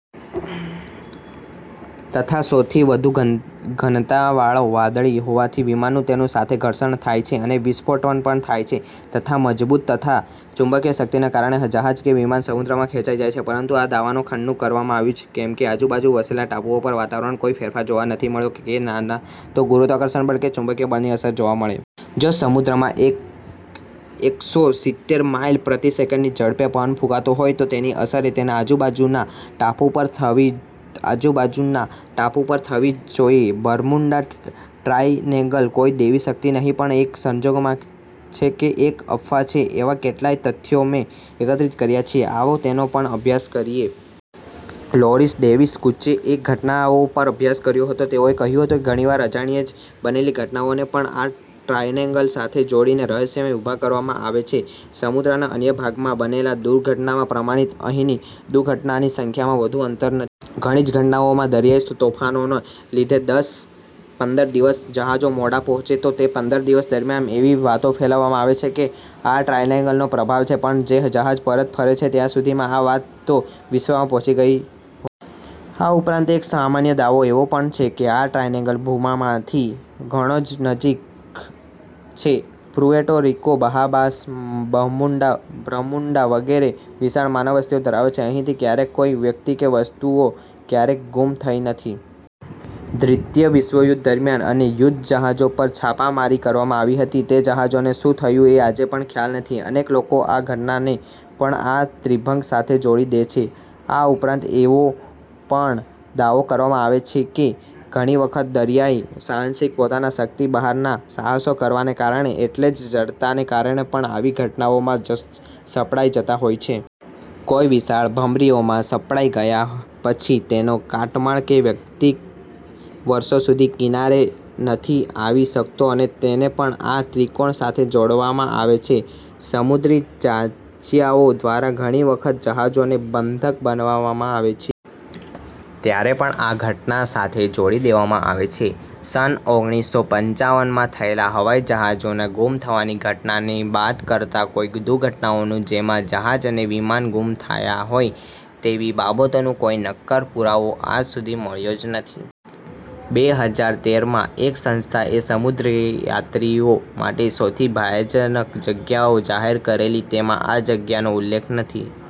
તથા સૌથી વધુ ઘનત્વવાળા વાદળો હોવાથી વિમાનનુ તેની સાથે ઘર્ષણ થાય છે અને વિસ્ફોટ પણ થાય છે તથા મજબુત ચુંબકિય શક્તિને કારણે જહાજ કે વિમાન સમુદ્રમાં ખેચાઇ જાય છે. પરંતુ આ દાવાનુ ખંડન કરવામાં આવ્યુ કેમ કે આજુબાજુમાં વસેલા ટાપુઓ પર વાતાવરણમાં કોઇ ફેરફાર જોવા નથી મળ્યો કે ના તો ગુરુત્વાકર્ષણ બળ કે ચુંબકિય બળની અસર જોવા મળે. જો સમુદ્રમાં એકસો સિત્તેર માઇલ પ્રતિ સેકન્ડની ઝડપે પવન ફુંકાતો હોય તો તેની અસર તેના આજુબાજુના ટાપુ પર થવી જ જોઇએ. બર્મુડા ટ્રાયેન્ગલ કોઇ દેવી શક્તિ નહિ પણ એક સંજોગ છે કે એક અફવા છે એવા કેટલાય તથ્યો મે એકત્રિત કર્યા છે, આવો તેનો પણ અભ્યાસ કરીએ. લોરિસ ડેવિડ કુસ્ચે એ આ ઘટનાઓ પર અભ્યાસ કર્યો હતો. તેઓએ કહ્યુ કે, ઘણીવાર અજાણ્યે જ બનેલી ઘટનાઓને પણ આ ટ્રાયેન્ગલ સાથે જોડીને રહસ્યો ઉભા કરવામાં આવે છે. સમુદ્રના અન્ય ભાગમા બનેલ દુર્ઘટનાના પ્રમાણમાં અહિની દુર્ઘટનાની સંખ્યામાં વધુ અંતર નથી. ઘણી જ ઘટનાઓમાં દરીયાઇ તોફાનોને લીધે દસ પંદર દિવસ જહાજો મોડા પહોચે તો, તે પંદર દિવસ દરમ્યાન એવી વાતો ફેલાવવામાં આવે કે આ ટ્રાયેન્ગલનો પ્રભાવ છે પણ એ જહાજ પરત ફરે છે. ત્યા સુધીમાં આ વાત તો વિશ્વમાં પહોચી ગઇ હોય છે. આ ઉપરાંત એક સામાન્ય દાવો એવો પણ છે કે, આ ટ્રાયેન્ગલ ભુભાગથી ઘણો જ નજીક છે. પુએર્ટો રિકો, બહામાસ, બર્મુડા વગેરે વિશાળ માનવવસ્તી ધરાવે છે. અહિથી ક્યારેય કોઇ વ્યક્તિ કે વસ્તુ ક્યારેય ગુમ થઈ નથી. દ્રિતિય વિશ્વયુધ્ધ દરમ્યાન અને યુધ્ધ જહાજો પર છાપામારી કરવામાં આવતી હતી. તે જહાજોનુ શુ થયુ એ આજે પણ ખ્યાલ નથી. અનેક લોકો આ ઘટનાને પણ આ ત્રિભંગ સાથે જોડી દે છે. આ ઉપરાંત એવો પણ દાવો કરવામાં આવેલો છે કે, ઘણી વખત દરીયાઇ સાહસિકો પોતાના શક્તિ બહારના સાહસો કરવાને કારણે એટલે કે જડતાને કારણે પણ આવી ઘટનાઓમાં સંપડાઇ જતા હોય છે. કોઇ વિશાળ ભમરીઓમાં સંપડાઇ ગયા પછી તેનો કાટમાળ કે વ્યક્તિ વર્ષો સુધી કિનારે નથી આવી શક્તો અને તેને પણ આ ત્રિકોણ સાથે જોડવામાં આવે છે. સમુદ્રી ચાંચીયાઓ દ્વારા ઘણી વખત જહાજોને બંધક બનાવવામાં આવે છે. ત્યારે પણ આ ઘટના સાથે જોડી દેવામાં આવે છે. સન ઓગણીસો પંચાવનમાં થયેલ હવાઇ જહાજોના ગુમ થવાની ઘટના ને બાદ કરતા કોઇ દુર્ઘટનાઓનુ જેમા જહાજ અને વિમાન ગુમ થયા હોય તેવી બાબતોનુ કોઇ નક્કર પુરાવો આજ સુધી મળ્યો જ નથી. બે હજાર તેરમાં એક સંસ્થા એ સમુદ્રીયાત્રીઓ માટે સૌથી ભયાનક જગ્યા જાહેર કરેલી તેમાં આ જગ્યાનો ઉલ્લેખન નથી.